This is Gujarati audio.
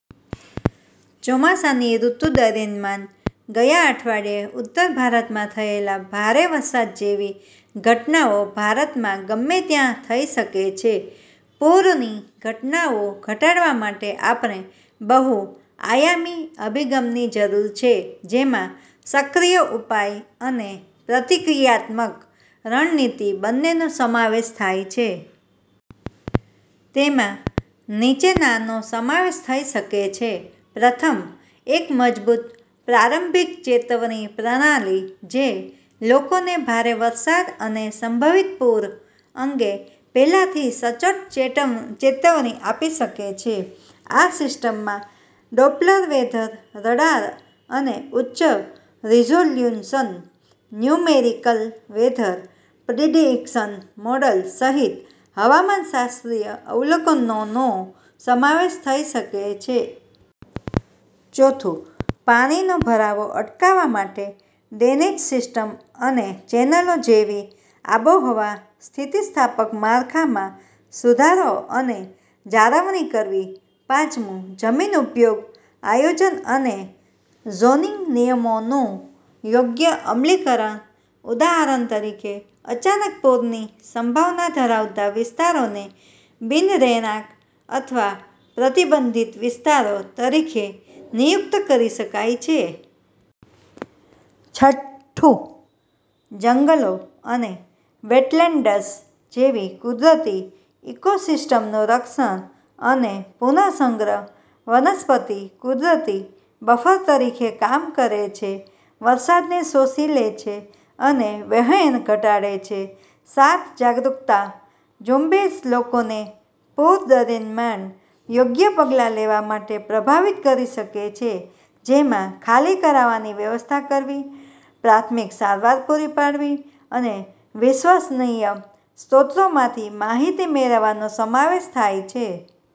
ચોમાસાની ઋતુ દરમિયાન ગયા અઠવાડીએ ઉત્તર ભારતમાં થયેલા ભારે વરસાદ જેવી ઘટનાઓ ભારતમાં ગમે ત્યાં થઈ શકે છે. પૂરની ઘટનાઓ ઘટાડવા માટે, આપણે બહુ-આયામી અભિગમની જરૂર છે, જેમાં સક્રિય ઉપાય અને પ્રતિક્રિયાત્મક રણનીતિ બંનેનો સમાવેશ થાય છે. તેમાં નીચેનાનો સમાવેશ થઈ શકે છે: પ્રથમ, એક મજબૂત પ્રારંભિક ચેતવણી પ્રણાલી, જે લોકોને ભારે વરસાદ અને સંભવિત પૂર અંગે પહેલાથી સચોટ ચેતવણી આપી શકે છે. આ સિસ્ટમમાં ડોપ્લર વેધર રડાર અને ઉચ્ચ resolution numerical weather prediction model સહિત હવામાનશાસ્ત્રીય અવલોકનોનો સમાવેશ થઈ શકે છે. ચોથું, પાણીનો ભરાવો અટકાવવા માટે ડ્રેનેજ સિસ્ટમ્સ અને ચેનલો જેવી આબોહવા-સ્થિતિસ્થાપક માળખામાં સુધારો અને જાળવણી કરવી. પાંચમું, જમીન ઉપયોગ આયોજન અને ઝોનિંગ નિયમોનું યોગ્ય અમલીકરણ. ઉદાહરણ તરીકે, અચાનક પૂરની સંભાવના ધરાવતા વિસ્તારોને બિન-રહેણાંક અથવા પ્રતિબંધિત વિસ્તારો તરીકે નિયુક્ત કરી શકાય છે. છઠ્ઠું, જંગલો અને વેટલેન્ડ્સ જેવી કુદરતી ઇકોસિસ્ટમનું રક્ષણ અને પુનઃસંગ્રહ. વનસ્પતિ કુદરતી બફર તરીકે કામ કરે છે, વરસાદને શોષી લે છે અને વહેણ ઘટાડે છે. સાત, જાગરૂકતા ઝુંબેશ લોકોને પૂર દરમિયાન યોગ્ય પગલાં લેવા માટે પ્રભાવિત કરી શકે છે, જેમાં ખાલી કરાવવાની વ્યવસ્થા કરવી, પ્રાથમિક સારવાર પૂરી પાડવી અને વિશ્વસનીય સ્ત્રોતોમાંથી માહિતી મેળવવાનો સમાવેશ થાય છે.